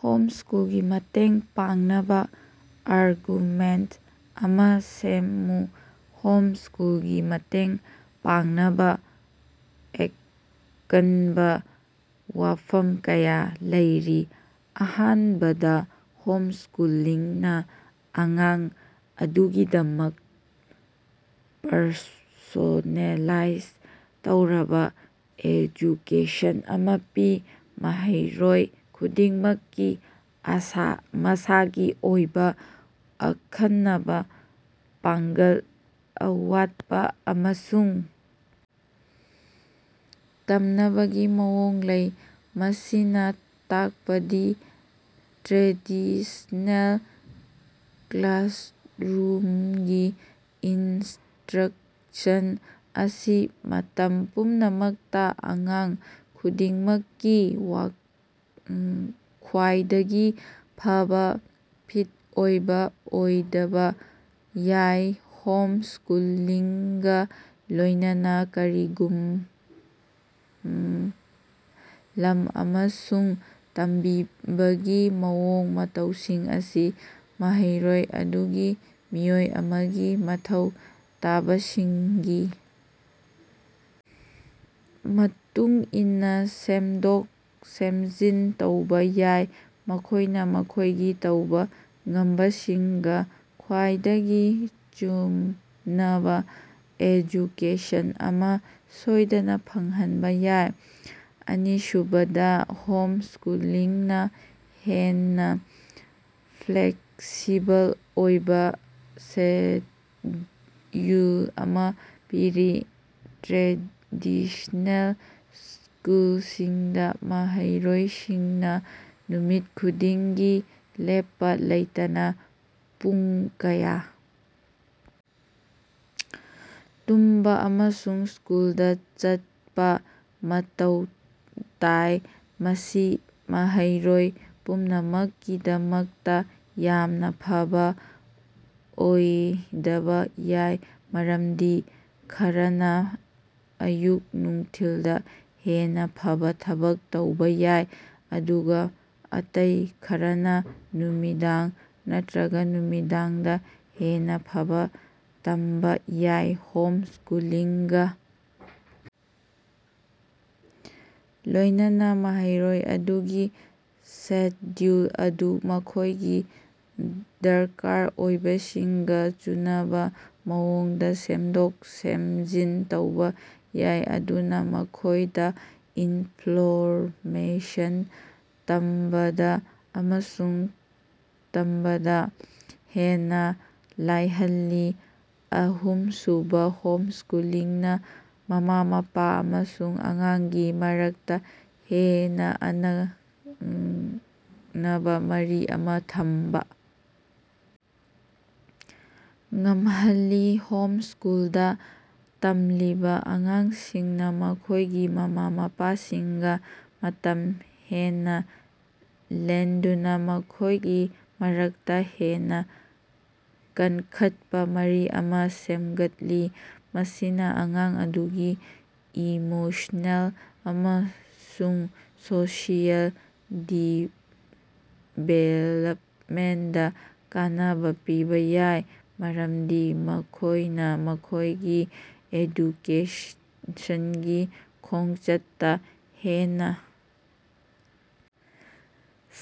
Home ꯁ꯭ꯀꯨꯜꯒꯤ ꯃꯇꯦꯡ ꯄꯥꯡꯅꯕꯥ ꯑꯥꯔꯒꯨꯃꯦꯟꯇ ꯑꯃꯥ ꯁꯦꯝꯃꯨ꯫ ꯍꯣꯝ ꯁ꯭ꯀꯨꯜꯒꯤ ꯃꯇꯦꯡ ꯄꯥꯡꯅꯕꯥ ꯑꯀꯟꯕꯥ ꯋꯥꯐꯝ ꯀꯌꯥ ꯂꯩꯔꯤ꯫ ꯑꯍꯥꯟꯕꯗꯥ, ꯍꯣꯝ ꯁ꯭ꯀꯨꯂꯤꯡꯅꯥ ꯑꯉꯥꯡ ꯑꯗꯨꯒꯤꯗꯃꯛ ꯄꯔꯁꯣꯅꯦꯂꯥꯏꯖ ꯇꯧꯔꯕꯥ ꯑꯦꯖꯨꯀꯦꯁꯟ ꯑꯃꯥ ꯄꯤ꯫ ꯃꯍꯩꯔꯣꯏ ꯈꯨꯗꯤꯡꯃꯛꯀꯤ ꯃꯁꯥꯒꯤ ꯑꯣꯏꯕꯥ ꯑꯈꯟꯅꯕꯥ ꯄꯥꯡꯒꯜ, ꯑꯋꯥꯠꯄꯥ ꯑꯃꯁꯨꯡ ꯇꯝꯅꯕꯒꯤ ꯃꯑꯣꯡ ꯂꯩ꯫ ꯃꯁꯤꯅꯥ ꯇꯥꯛꯄꯗꯤ ꯇ꯭ꯔꯦꯗꯤꯁꯅꯦꯜ ꯀ꯭ꯂꯥꯁꯔꯨꯝꯒꯤ ꯏꯟꯁꯇ꯭ꯔꯛꯁꯟ ꯑꯁꯤ ꯃꯇꯝ ꯄꯨꯝꯅꯃꯛꯇꯥ ꯑꯉꯥꯡ ꯈꯨꯗꯤꯡꯃꯛꯀꯤ ꯈ꯭ꯋꯥꯏꯗꯒꯤ ꯐꯕꯥ ꯐꯤꯠ ꯑꯣꯏꯕꯥ ꯑꯣꯏꯗꯕꯥ ꯌꯥꯏ꯫ ꯍꯣꯝ ꯁ꯭ꯀꯨꯂꯤꯡꯒꯥ ꯂꯣꯏꯅꯅꯥ, ꯀꯔꯤꯒꯨꯝ ꯂꯝ ꯑꯃꯁꯨꯡ ꯇꯝꯕꯤꯕꯒꯤ ꯃꯑꯣꯡ-ꯃꯇꯧꯁꯤꯡ ꯑꯁꯤ ꯃꯍꯩꯔꯣꯏ ꯑꯗꯨꯒꯤ ꯃꯤꯑꯣꯏ ꯑꯃꯒꯤ ꯃꯊꯧ ꯇꯥꯕꯁꯤꯡꯒꯤ ꯃꯇꯨꯡꯏꯟꯅꯥ ꯁꯦꯝꯗꯣꯛ-ꯁꯦꯝꯖꯤꯟ ꯇꯧꯕꯥ ꯌꯥꯏ, ꯃꯈꯣꯏꯅꯥ ꯃꯈꯣꯏꯒꯤ ꯇꯧꯕꯥ ꯉꯝꯕꯁꯤꯡꯒꯥ ꯈ꯭ꯋꯥꯏꯗꯒꯤ ꯆꯨꯅꯕꯥ ꯑꯦꯖꯨꯀꯦꯁꯟ ꯑꯃꯥ ꯁꯣꯏꯗꯅꯥ ꯐꯪꯍꯟꯕꯥ ꯌꯥꯏ꯫ ꯑꯅꯤꯁꯨꯕꯗꯥ, ꯍꯣꯝ ꯁ꯭ꯀꯨꯂꯤꯡꯅꯥ ꯍꯦꯟꯅꯥ ꯐ꯭ꯂꯦꯛꯁꯤꯕꯜ ꯑꯣꯏꯕꯥ ꯁꯦꯗ꯭ꯌꯨꯜ ꯑꯃꯥ ꯄꯤꯔꯤ꯫ ꯇ꯭ꯔꯦꯗꯤꯁꯅꯦꯜ ꯁ꯭ꯀꯨꯂꯁꯤꯡꯗꯥ, ꯃꯍꯩꯔꯣꯏꯁꯤꯡꯅꯥ ꯅꯨꯃꯤꯠ ꯈꯨꯗꯤꯡꯒꯤ ꯂꯦꯞꯄꯥ ꯂꯩꯇꯅꯥ ꯄꯨꯡ ꯀꯌꯥ ꯇꯨꯝꯕꯥ ꯑꯃꯁꯨꯡ ꯁ꯭ꯀꯨꯜꯗꯥ ꯆꯠꯄꯥ ꯃꯇꯧ ꯇꯥꯏ꯫ ꯃꯁꯤ ꯃꯍꯩꯔꯣꯏ ꯄꯨꯝꯅꯃꯛꯀꯤꯗꯃꯛꯇꯥ ꯌꯥꯝꯅꯥ ꯐꯕꯥ ꯑꯣꯏꯗꯕꯥ ꯌꯥꯏ, ꯃꯔꯝꯗꯤ ꯈꯔꯅꯥ ꯑꯌꯨꯛ-ꯅꯨꯡꯊꯤꯜꯗꯥ ꯍꯦꯟꯅꯥ ꯐꯕꯥ ꯊꯕꯛ ꯇꯧꯕꯥ ꯌꯥꯏ, ꯑꯗꯨꯒꯥ ꯑꯇꯩ ꯈꯔꯅꯥ ꯅꯨꯃꯤꯗꯥꯡ ꯅꯠꯇ꯭ꯔꯒꯥ ꯅꯨꯃꯤꯗꯥꯡꯗꯥ ꯍꯦꯟꯅꯥ ꯐꯕꯥ ꯇꯝꯕꯥ ꯌꯥꯏ꯫ ꯍꯣꯝ ꯁ꯭ꯀꯨꯂꯤꯡꯒꯥ ꯂꯣꯏꯅꯅꯥ, ꯃꯍꯩꯔꯣꯏ ꯑꯗꯨꯒꯤ ꯁꯦꯗ꯭ꯌꯨꯜ ꯑꯗꯨ ꯃꯈꯣꯏꯒꯤ ꯗꯔꯀꯥꯔ ꯑꯣꯏꯕꯁꯤꯡꯒꯥ ꯆꯨꯅꯕꯥ ꯃꯑꯣꯡꯗꯥ ꯁꯦꯝꯗꯣꯛ-ꯁꯦꯝꯖꯤꯟ ꯇꯧꯕꯥ ꯌꯥꯏ, ꯃꯗꯨꯅꯥ ꯃꯈꯣꯏꯗꯥ ꯏꯟꯐꯣꯔꯃꯦꯁꯟ ꯇꯝꯕꯗꯥ ꯑꯃꯁꯨꯡ ꯊꯝꯕꯗꯥ ꯍꯦꯟꯅꯥ ꯂꯥꯏꯍꯜꯂꯤ꯫ ꯑꯍꯨꯝꯁꯨꯕꯥ, ꯍꯣꯝ ꯁ꯭ꯀꯨꯂꯤꯡꯅꯥ ꯃꯃꯥ-ꯃꯄꯥ ꯑꯃꯁꯨꯡ ꯑꯉꯥꯡꯒꯤ ꯃꯔꯛꯇꯥ ꯍꯦꯟꯅꯥ ꯅꯛꯅꯕꯥ ꯃꯔꯤ ꯑꯃꯥ ꯊꯝꯕꯥ ꯉꯝꯍꯜꯂꯤ꯫ ꯍꯣꯝ ꯁ꯭ꯀꯨꯜꯗꯥ ꯇꯝꯂꯤꯕꯥ ꯑꯉꯥꯡꯁꯤꯡꯅꯥ ꯃꯈꯣꯏꯒꯤ ꯃꯃꯥ-ꯃꯄꯥꯁꯤꯡꯒꯥ ꯃꯇꯝ ꯍꯦꯟꯅꯥ ꯂꯦꯟꯗꯨꯅꯥ ꯃꯈꯣꯏꯒꯤ ꯃꯔꯛꯇꯥ ꯍꯦꯟꯅꯥ ꯀꯟꯈꯠꯄꯥ ꯃꯔꯤ ꯑꯃꯥ ꯁꯦꯝꯒꯠꯂꯤ꯫ ꯃꯁꯤꯅꯥ ꯑꯉꯥꯡ ꯑꯗꯨꯒꯤ ꯏꯃꯣꯁꯅꯦꯜ ꯑꯃꯁꯨꯡ ꯁꯣꯁꯤꯑꯦꯜ ꯗꯤꯚꯦꯂꯞꯃꯦꯟꯗꯥ ꯀꯥꯟꯅꯕꯥ ꯄꯤꯕꯥ ꯌꯥꯏ, ꯃꯔꯝꯗꯤ ꯃꯈꯣꯏꯅꯥ ꯃꯈꯣꯏꯒꯤ ꯑꯦꯖꯨꯀꯦꯁꯟꯒꯤ ꯈꯣꯡꯆꯠꯇꯥ ꯍꯦꯟꯅꯥ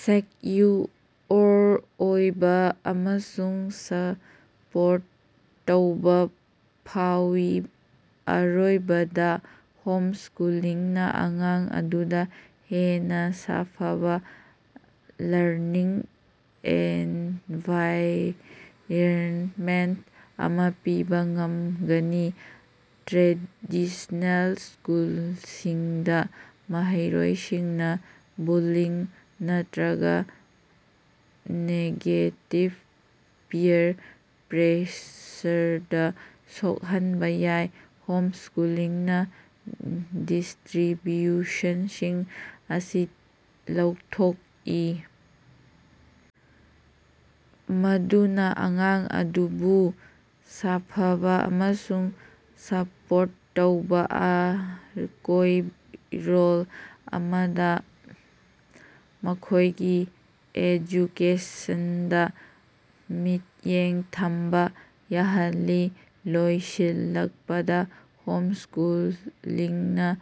ꯁꯦꯛꯌꯨꯑꯣꯔ ꯑꯣꯏꯕꯥ ꯑꯃꯁꯨꯡ ꯁꯄꯣꯔꯠ ꯇꯧꯕꯥ ꯐꯥꯎꯏ꯫ ꯑꯔꯣꯏꯕꯗꯥ, ꯍꯣꯝ ꯁ꯭ꯀꯨꯂꯤꯡꯅꯥ ꯑꯉꯥꯡ ꯑꯗꯨꯗꯥ ꯍꯦꯟꯅꯥ ꯁꯥꯐꯕꯥ ꯂꯔꯅꯤꯡ ꯑꯦꯟꯚꯥꯏꯔꯟꯃꯦꯟꯇ ꯑꯃꯥ ꯄꯤꯕꯥ ꯉꯝꯒꯅꯤ꯫ ꯇ꯭ꯔꯦꯗꯤꯁꯅꯦꯜ ꯁ꯭ꯀꯨꯜꯁꯤꯡꯗꯥ, ꯃꯍꯩꯔꯣꯏꯁꯤꯡꯅꯥ ꯕꯨꯜꯂꯤꯡ ꯅꯠꯇ꯭ꯔꯒꯥ ꯅꯦꯒꯦꯇꯤꯚ ꯄꯤꯌꯔ ꯄ꯭ꯔꯦꯁꯔꯗꯥ ꯁꯣꯛꯍꯟꯕꯥ ꯌꯥꯏ꯫ ꯍꯣꯝ ꯁ꯭ꯀꯨꯂꯤꯡꯅꯥ ꯗꯤꯁꯇ꯭ꯔꯤꯕ꯭ꯌꯨꯁꯟꯁꯤꯡ ꯑꯁꯤ ꯂꯧꯊꯣꯛꯏ, ꯃꯗꯨꯅꯥ ꯑꯉꯥꯡ ꯑꯗꯨꯕꯨ ꯁꯥꯐꯕꯥ ꯑꯃꯁꯨꯡ ꯁꯄꯣꯔꯠ ꯇꯧꯕꯥ ꯑꯀꯣꯏꯔꯣꯟ ꯑꯃꯗꯥ ꯃꯈꯣꯏꯒꯤ ꯑꯦꯖꯨꯀꯦꯁꯟꯗꯥ ꯃꯤꯠꯌꯦꯡ ꯊꯝꯕꯥ ꯌꯥꯍꯜꯂꯤ꯫ ꯂꯣꯏꯁꯤꯜꯂꯛꯄꯗꯥ, ꯍꯣꯝ ꯁ꯭ꯀꯨꯂꯤꯡꯅꯥ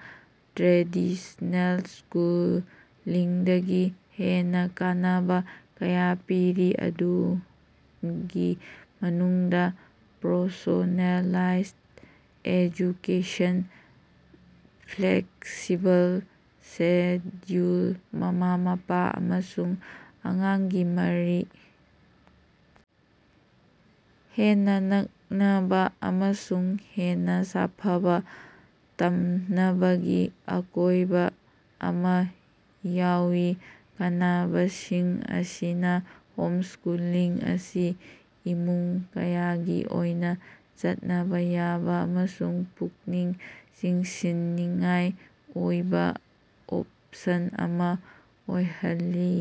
ꯇ꯭ꯔꯦꯗꯤꯁꯅꯦꯜ ꯁ꯭ꯀꯨꯂꯤꯡꯗꯒꯤ ꯍꯦꯟꯅꯥ ꯀꯥꯟꯅꯕꯥ ꯀꯌꯥ ꯄꯤꯔꯤ, ꯃꯗꯨꯒꯤ ꯃꯅꯨꯡꯗꯥ ꯄꯔꯁꯣꯅꯦꯂꯥꯏꯖ ꯑꯦꯖꯨꯀꯦꯁꯟ, ꯐ꯭ꯂꯦꯛꯁꯤꯕꯜ ꯁꯦꯗ꯭ꯌꯨꯜ, ꯃꯃꯥ-ꯃꯄꯥ ꯑꯃꯁꯨꯡ ꯑꯉꯥꯡꯒꯤ ꯃꯔꯤ ꯍꯦꯟꯅꯥ ꯅꯛꯅꯕꯥ, ꯑꯃꯁꯨꯡ ꯍꯦꯟꯅꯥ ꯁꯥꯐꯕꯥ ꯇꯝꯅꯕꯒꯤ ꯑꯀꯣꯏꯕꯥ ꯑꯃꯥ ꯌꯥꯎꯏ꯫ ꯀꯥꯟꯅꯕꯁꯤꯡ ꯑꯁꯤꯅꯥ ꯍꯣꯝ ꯁ꯭ꯀꯨꯂꯤꯡ ꯑꯁꯤ ꯏꯃꯨꯡ ꯀꯌꯥꯒꯤ ꯑꯣꯏꯅꯥ ꯆꯠꯅꯕꯥ ꯌꯥꯕꯥ ꯑꯃꯁꯨꯡ ꯄꯨꯛꯅꯤꯡ ꯆꯤꯡꯁꯤꯟꯅꯤꯡꯉꯥꯏ ꯑꯣꯏꯕꯥ ꯑꯣꯞꯁꯟ ꯑꯃꯥ ꯑꯣꯏꯍꯜꯂꯤ꯫